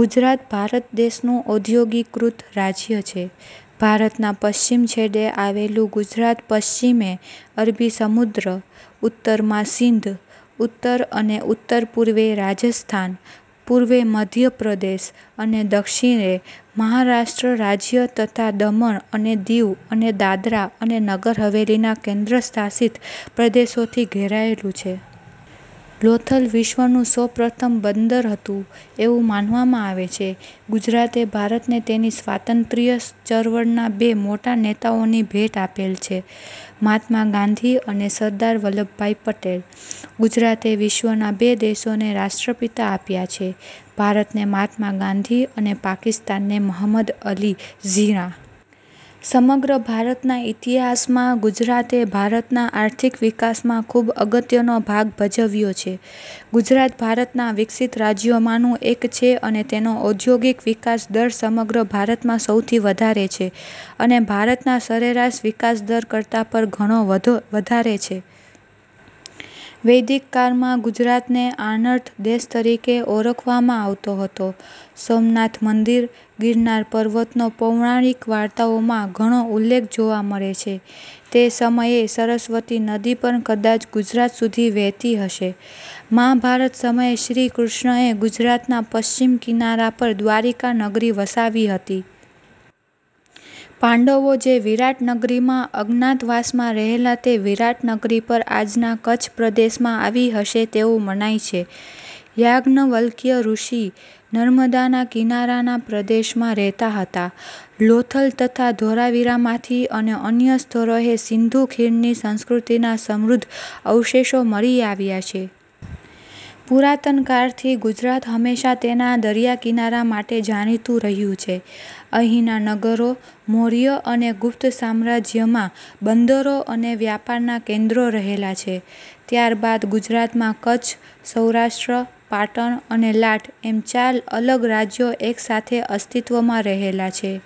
ગુજરાત ભારત દેશનું ઔદ્યોગીકૃત રાજ્ય છે. ભારતના પશ્ચિમ છેડે આવેલું ગુજરાત પશ્ચિમે અરબી સમુદ્ર, ઉત્તરમાં સિંધ, ઉત્તર અને ઉત્તરપૂર્વે રાજસ્થાન, પૂર્વે મધ્ય પ્રદેશ અને દક્ષિણે મહારાષ્ટ્ર રાજ્ય તથા દમણ અને દીવ અને દાદરા અને નગર હવેલી ના કેન્દ્રશાસિત પ્રદેશોથી ઘેરાયેલું છે. લોથલ વિશ્વનું સૌ પ્રથમ બંદર હતું એવું માનવામાં આવે છે. ગુજરાતે ભારતને તેની સ્વાતંત્ર્ય ચળવળના બે મોટા નેતાઓની ભેટ આપેલ છે મહાત્મા ગાંધી અને સરદાર વલ્લભભાઈ પટેલ. ગુજરાતે વિશ્વના બે દેશોને રાષ્ટ્રપિતા આપ્યા છે ભારતને મહાત્મા ગાંધી અને પાકિસ્તાનને મહમદ અલી ઝીણા. સમગ્ર ભારતના ઇતિહાસમાં ગુજરાતે ભારતના આર્થિક વિકાસમાં ખૂબ અગત્યનો ભાગ ભજવ્યો છે. ગુજરાત ભારતના વિકસિત રાજ્યોમાંનું એક છે અને તેનો ઔદ્યોગિક વિકાસ દર સમગ્ર ભારતમાં સૌથી વધારે છે અને ભારતના સરેરાશ વિકાસદર કરતાંં પણ ઘણો વધારે છે. વૈદિક કાળમાં ગુજરાતને આનર્ત દેશ તરીકે ઓળખવામાં આવતો હતો. સોમનાથ મંદિર, ગિરનાર પર્વતનો પૌરાણિક વાર્તાઓમાં ઘણો ઉલ્લેખ જોવા મળે છે. તે સમયે સરસ્વતી નદી પણ કદાચ ગુજરાત સુધી વહેતી હશે. મહાભારત સમયે શ્રી કૃષ્ણએ ગુજરાતના પશ્ચિમ કિનારા પર દ્વારિકા નગરી વસાવી હતી. પાંડવો જે વિરાટ નગરીમાં અજ્ઞાતવાસમાં રહેલા તે વિરાટ નગરી પણ આજના કચ્છ પ્રદેશમાં આવી હશે તેવું મનાય છે. યાજ્ઞવલ્કય ઋષિ નર્મદાના કિનારાના પ્રદેશમાં રહેતા હતા. લોથલ તથા ધોળાવીરામાંથી અને અન્ય સ્થળોએ સીંધુ ખીણની સંસ્કૃતિના સમૃદ્ધ અવશેષો મળી આવ્યા છે. પુરાતન કાળથી ગુજરાત હંમેશા તેના દરિયાકિનારા માટે જાણીતુ રહ્યું છે. અહીંના નગરો મૌર્ય અને ગુપ્ત સામ્રાજ્યમાં બંદરો અને વ્યાપારનાં કેન્દ્રો રહેલા છે. ત્યારબાદ ગુજરાતમાં કચ્છ, સૌરાષ્ટ્ર, પાટણ અને લાટ એમ ચાર અલગ રાજ્યો એક સાથે અસ્તિત્વમાં રહેલા છે.